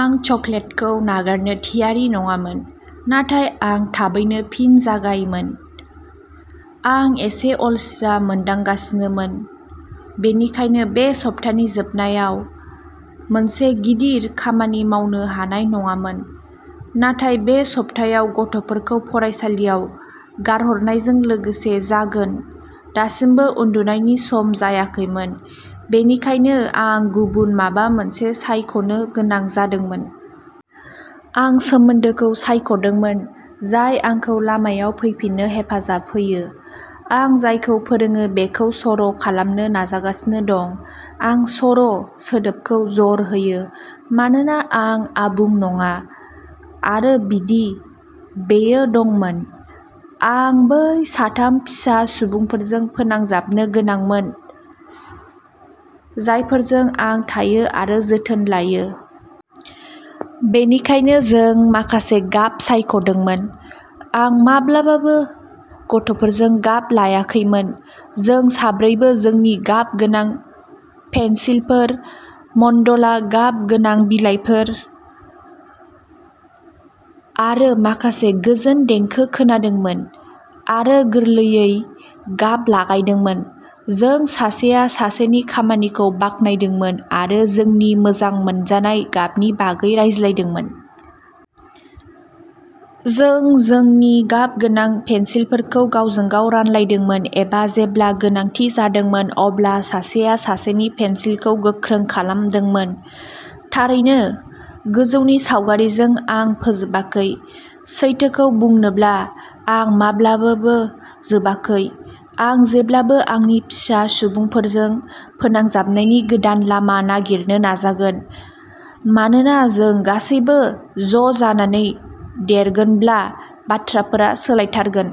आं चकलेटखौ नागारनो थियारि नङामोन, नाथाय आं थाबैनो फिन जागायमोन। आं एसे अलसिया मोनदांगासिनोमोन, बेनिखायनो बे सप्तानि जोबनायाव मोनसे गिदिर खामानि मावनो हानाय नङामोन, नाथाय बे सब्थायाव गथ'फोरखौ फरायसालियाव गारहरनायजों लोगोसे जागोन। दासिमबो उन्दुनायनि सम जायाखैमोन, बेनिखायनो आं गुबुन माबा मोनसे सायख'नो गोनां जादोंमोन। आं सोमोन्दोखौ सायख'दोंमोन, जाय आंखौ लामायाव फैफिननो हेफाजाब होयो। आं जायखौ फोरोङो बेखौ सर'खालामनो नाजागासिनो दं। आं सर'सोदोबखौ जर होयो, मानोना आं आबुं नङा। आरो बिदि, बेयो दंमोन। आं बै साथाम फिसा सुबुंफोरजों फोनांजाबनो गोनांमोन जायफोरजों आं थायो आरो जोथोन लायो। बेनिखायनो जों माखासे गाब सायख'दोंमोन। आं माब्लाबाबो गथ'फोरजों गाब लायाखैमोन। जों साब्रैबो जोंनि गाबगोनां पेन्सिलफोर, मन्डला गाबगोनां बिलाइफोर आरो माखासे गोजोन देंखो खोनादोंमोन आरो गोरलैयै गाब लागायदोंमोन। जों सासेया सासेनि खामानिखौ बाख्नायदोंमोन आरो जोंनि मोजां मोनजानाय गाबनि बागै रायज्लायदोंमोन। जों जोंनि गाबगोनां पेन्सिलफोरखौ गावजों गाव रानलायदोंमोन एबा जेब्ला गोनांथि जादोंमोन अब्ला सासेया सासेनि पेन्सिलखौ गोख्रों खालामदोंमोन। थारैनो, गोजौनि सावगारिजों, आं फोजोबाखै। सैथोखौ बुंनोब्ला, आं माब्लाबाबो जोबाखै। आं जेब्लाबो आंनि फिसा सुबुंफोरजों फोनांजाबनायनि गोदान लामा नागिरनो नाजागोन, मानोना जों गासैबो ज'जानानै देरगोनब्ला, बाथ्राफोरा सोलायथारगोन।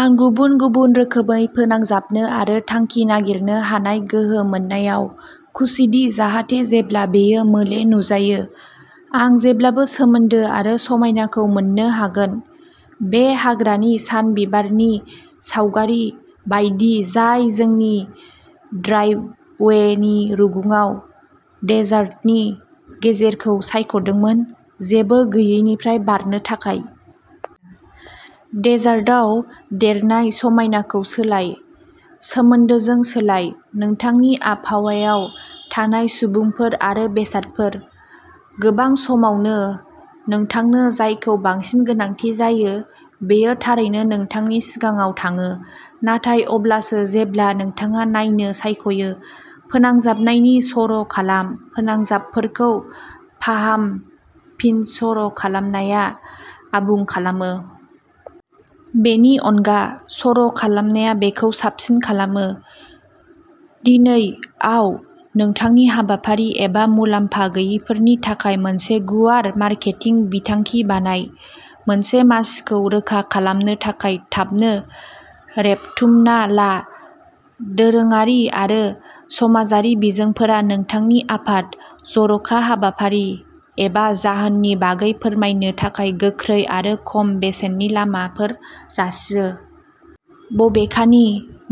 आं गुबुन-गुबुन रोखोमै फोनांजाबनो आरो थांखि नागिरनो हानाय गोहो मोननायाव खुसिदि जाहाथे जेब्ला बेयो मोले नुजायो, आं जेब्लाबो सोमोन्दो आरो समायनाखौ मोन्नो हागोन। बे हाग्रानि सानबिबारनि सावगारि बायदि जाय जोंनि ड्राइभवेनि रुगुङाव डेजार्टनि गेजेरखौ सायख'दोंमोन, जेबो गैयैनिफ्राय बारनो थाखाय। डेजार्टआव देरनाय समायनाखौ सोलाय। सोमोन्दोजों सोलाय। नोंथांनि आबहावायाव थानाय सुबुंफोर आरो बेसादफोर। गोबां समावनो नोंथांनो जायखौ बांसिन गोनांथि जायो बेयो थारैनो नोंथांनि सिगाङाव थायो, नाथाय अब्लासो जेब्ला नोंथाङा नायनो सायख'यो। फोनांजाबनायनि सर'खालाम। फोनांजाबफोरखौ फाहामफिनसर'खालामनाया आबुं खालामो। बेनि अनगा, सर'खालामनाया बेखौ साबसिन खालामो। दिनै आव नोंथांनि हाबाफारि एबा मुलाम्फा गैयैफोरनि थाखाय मोनसे गुवार मार्केटिं बिथांखि बानाय। मोनसे मासिखौ रोखा खालामनो थाखाय थाबनो रेबथुमना ला! दोरोङारि आरो समाजारि बिजोंफोरा नोंथांनि आफाद, जर'खा हाबाफारि, एबा जाहोननि बागै फोरमायनो थाखाय गोख्रै आरो खम बेसेननि लामाफोर जासियो। बबेखानि,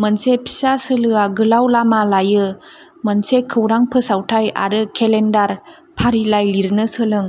मोनसे फिसा सोलोआ गोलाव लामा लायो। मोनसे खौरां फोसावथाइ आरो केलेन्डार फारिलाइ लिरनो सोलों।